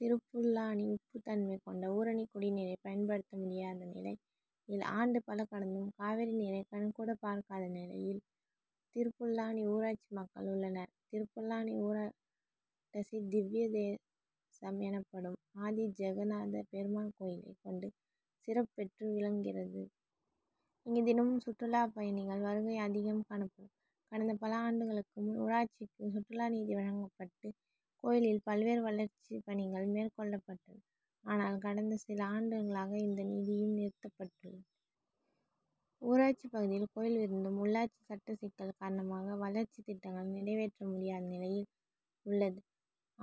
திருப்புல்லாணி உப்பு தன்மை கொண்ட ஊரணி குடி நீரை பயன்ப டுத்த முடி யாத நிலை யில், ஆண்டு பல கடந்தும் காவிரி நீரை கண் கூட பார்க்காத நிலை யில் திருப்புல்லாணி ஊராட்சி மக்கள் உள்ள னர். திருப்புல்லாணி ஊரா டசி திவ்ய தே சம் எனப்ப டும் ஆதி ஜெக நாத பெரு மாள் கோயிலை கொண்டு சிறப்பு பெற்று விளங்கு கி றது. இங்கு தின மும் சுற்றுலா பய ணி கள் வருகை அதி கம் காணப்ப டும். கடந்த பல ஆண்டு க ளுக்கு முன் ஊராட்சிக்கு சுற்றுலா நிதி வழங்கப்பட்டு கோயி லில் பல்வேறு வளர்ச்சி பணி கள் மேற்கொள்ளப் பட்டன. ஆனால் கடந்த சில ஆண்டு களாக இந்த நிதி யும் நிறுத்தப்பட்டுள்ளது. ஊராட்சி பகு தி யில் கோயில் இருந்தும், உள்ளாட்சி சட்ட சிக்கல் கார ண மாக வளர்ச்சி திட்டங்களை நிறை வேற்ற மு டி யாத நிலை உள்ளது.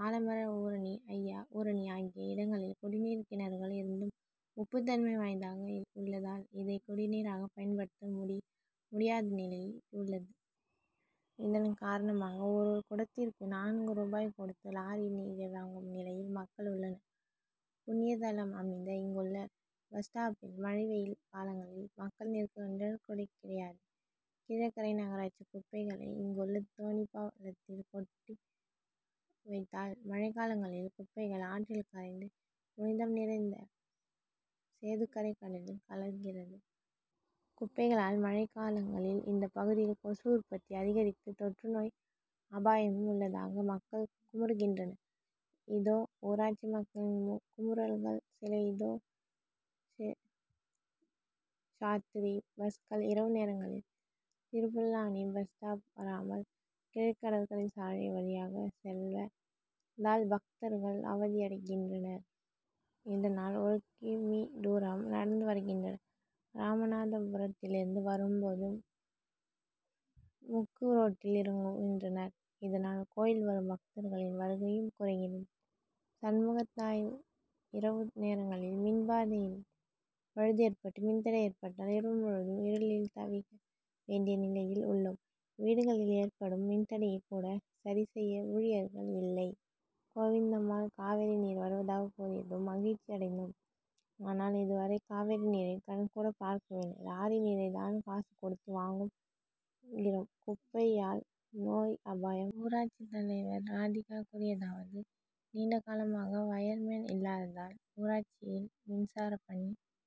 ஆல மர ஊரணி, ஐயா ஊரணி ஆகிய இடங்க ளில் குடி நீர் கிண று கள் இருந்தும் உப்பு தன்மை வாய்ந்தாக உள்ள தால் இதை குடி நீ ராக பயன்ப டுத்த முடி முடியாத நிலை உள்ளது. இதன் கார ண மாக ஒரு குடத்திற்கு நான்கு ரூபாய் கொடுத்து லாரி நீரை வாங்கும் நிலை யில் மக்கள் உள்ள னர். புண்ணி ய த லம் அமைந்த இங்குள்ள பஸ்ஸ்டாப்பில் மழை, வெயில் காலங்க ளில் மக்கள் நிற்க நிழற்குடை கிடை யாது. கீழக்கரை நக ராட்சி குப்பை களை இங்குள்ள தோணிப்பா லத்தில் கொட்டு வ தால், மழை காலங்க ளில் குப்பை கள் ஆற்றில் கரைந்து புனி தம் நிறைந்த சேதுக்கரை கட லில் கலக்கி றது. குப்பை களால் மழை காலங்க ளில் இந்த பகு தி யில் கொசு உற்பத்தி அதி க ரித்து தொற்று நோய் அபா ய மும் உள்ள தாக மக்கள் குமு று கின்ற னர். இதோ ஊராட்சி மக்க ளின் குமு றல்கள் சில இதோ சேஷாத்தி ரி பஸ்கள் இரவு நேரங்க ளில் திருப்புல் லாணி பஸ்ஸ்டாப் வரா மல், கிழக்கு கடற்கரை சாலை வழி யாக செல்வ தால் பக்தர்கள் அவ தி ய டை கின்ற னர். இத னால் ஒரூ கி. மீ.,தூரம் நடந்து வரு கின்ற னர். ராம நா த பு ரத்தி லி ருந்து வரும் போது முக்கு ரோட்டில் இறங்கு கின்ற னர். இத னால் கோயில் வரும் பக்தர்க ளின் வரு கை யும் குறை கி றது. சண்மு கத்தாய் இரவு நேரங்க ளில் மின் பாதை யில் பழுது ஏற்பட்டு மின் தடை ஏற்பட்டால் இரவு முழு வ தும் இரு ளில் தவி கக வேண்டிய நிலை யில் உள்ளோம். வீடு க ளில் ஏற்ப டும் மின் தடையை கூட சரி செய்ய ஊழி யர்கள் இல்லை. கோவிந்தம்மாள் காவிரி நீர் வரு வ தாக கூறி ய தும் மகிழ்ச்சி அடைந் தோம். ஆனால் இது வரை காவிரி நீரை கண்கூட பார்க்க வில்லை. லாரி நீரை தான் காசு கொ டுத்து வாங்கு கி றோம். குப்பை யால் நோய் அபாயம் ஊராட்சி தலை வர் ராதிகா கூறி ய தா வது நீண்ட கால மாக வயர்மேன் இல்லா த தால் ஊராட்சி யில் மின்சார பணி